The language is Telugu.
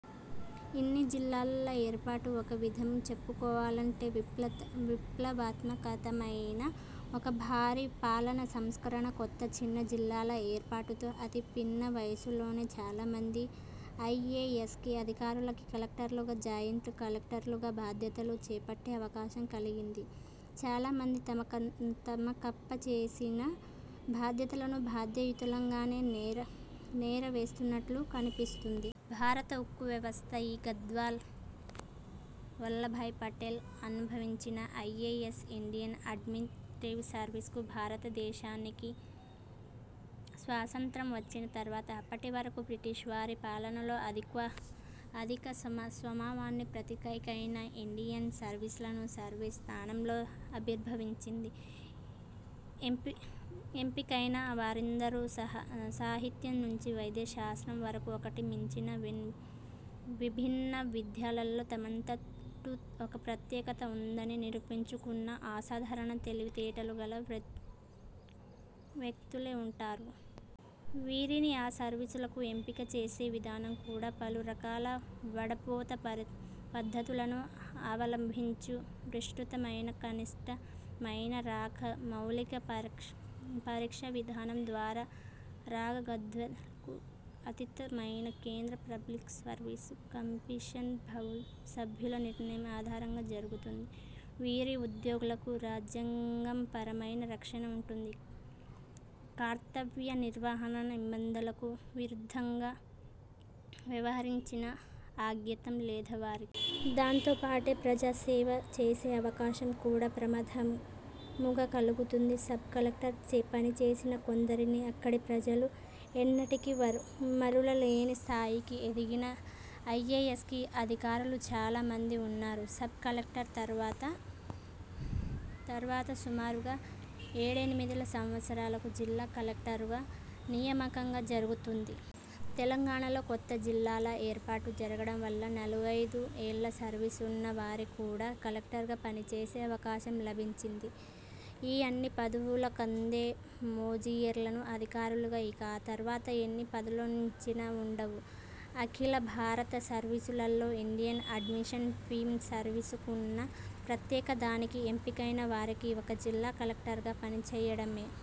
ఇన్ని జిల్లాల ఏర్పాటు ఒక విధంగా చెప్పుకోవాలంటే విప్లవాత్మకమైన ఒక భారీ పాలనా సంస్కరణ. కొత్త- చిన్న జిల్లాల ఏర్పాటుతో అతి పిన్న వయసులోనే చాలామంది ఐఏఎస్ అధికారులకి కలెక్టర్లుగా, జాయింట్ కలెక్టర్లుగా బాధ్యతలు చేపట్టే అవకాశం కలిగింది. చాలామంది తమకప్పచెప్పిన బాధ్యతలను, బాధ్యతాయుతంగానే నేరవేరుస్తున్నట్లు కనిపిస్తోంది. ''భారత ఉక్కు వ్యవస్థ''గా సర్దార్ వల్లభాయ్ పటేల్ అభివర్ణించిన, ఐఏఎస్- ''ఇండియన్ అడ్మినిస్ట్రేటివ్ సర్వీస్'', భారత దేశానికి స్వతంత్రం వచ్చిన తర్వాత, అప్పటివరకు, బ్రిటీష్ వారి పాలనలో అధికారస్వామ్యానికి ప్రతీకైన ''ఇండియన్ సివిల్ సర్వీస్ '' స్థానంలో ఆవిర్భవించింది. ఐఏఎస్కు ఎంపికైన వారందరూ, సాహిత్యం నుంచి వైద్య శాస్త్రం వరకు ఒకటికి మించిన విభిన్న విద్యల్లో తమదంటూ ఒక ప్రత్యేకత వుందని నిరూపించుకున్న అసాధారణ తెలివితేటలు గల వ్యక్తులై వుంటారు. వీరిని ఆ సర్వీసులకు ఎంపిక చేసే విధానం కూడా, పలు రకాల వడపోత పద్ధతులను అవలంబించి, విస్తృతమైన–కఠినమైన రాత–మౌఖిక పరీక్షా విధానం ద్వారా, రాగద్వేషాలకు అతీతమైన కేంద్ర పబ్లిక్ సర్వీస్ కమిషన్ సభ్యుల నిర్ణయం ఆధారంగా జరుగుతుంది. వీరి ఉద్యోగాలకు రాజ్యాంగపరమైన రక్షణ వుంటుంది. కర్తవ్య నిర్వహణలో, నిబంధనలకు విరుద్ధంగా వ్యవహరించాల్సిన ఆగత్యం లేదేవరికీ. దాంతో పాటే ప్రజాసేవ చేసే అవకాశం కూడా ప్రప్రథమంగా కలుగుతుంది. సబ్ కలెక్టర్గా పనిచేసిన కొందరిని, అక్కడి ప్రజలు ఎన్నటికీ మరువలేని స్థాయికి ఎదిగిన ఐఏఎస్ అధికారులు చాలా మంది వున్నారు. సబ్- కలెక్టర్ తరువాత జాయింట్ కలెక్టర్గా, సమగ్ర గిరిజనాభివృద్ధి సంస్థ ప్రాజెక్టు అధికారిగా, అ తరువాత సుమారు ఏడెనిమిది సంవత్సరాలకు జిల్లా కలెక్టర్గా నియామకం జరుగుతుంది. తెలంగాణలో కొత్త జిల్లాల ఏర్పాటు జరగడం వల్ల, నాలుగైదు ఏళ్ల సర్వీసున్న వారికి కూడా కలెక్టర్గా పనిచేసే అవకాశం లభించింది. ఈ అన్ని పదవుల కుండే మెజిస్టీరియల్ అధికారాలు, ఇక ఆ తర్వాత, ఎన్ని పదోన్నతులొచ్చినా వుండవు. అఖిలభారత సర్వీసులలో ఇండియన్ అడ్మినిస్ట్రేటివ్ సర్వీసుకున్న ప్రత్యేకత, దానికి ఎంపికైన వారికి ఒక ''జిల్లా కలెక్టర్''గా పనిచేయడమే!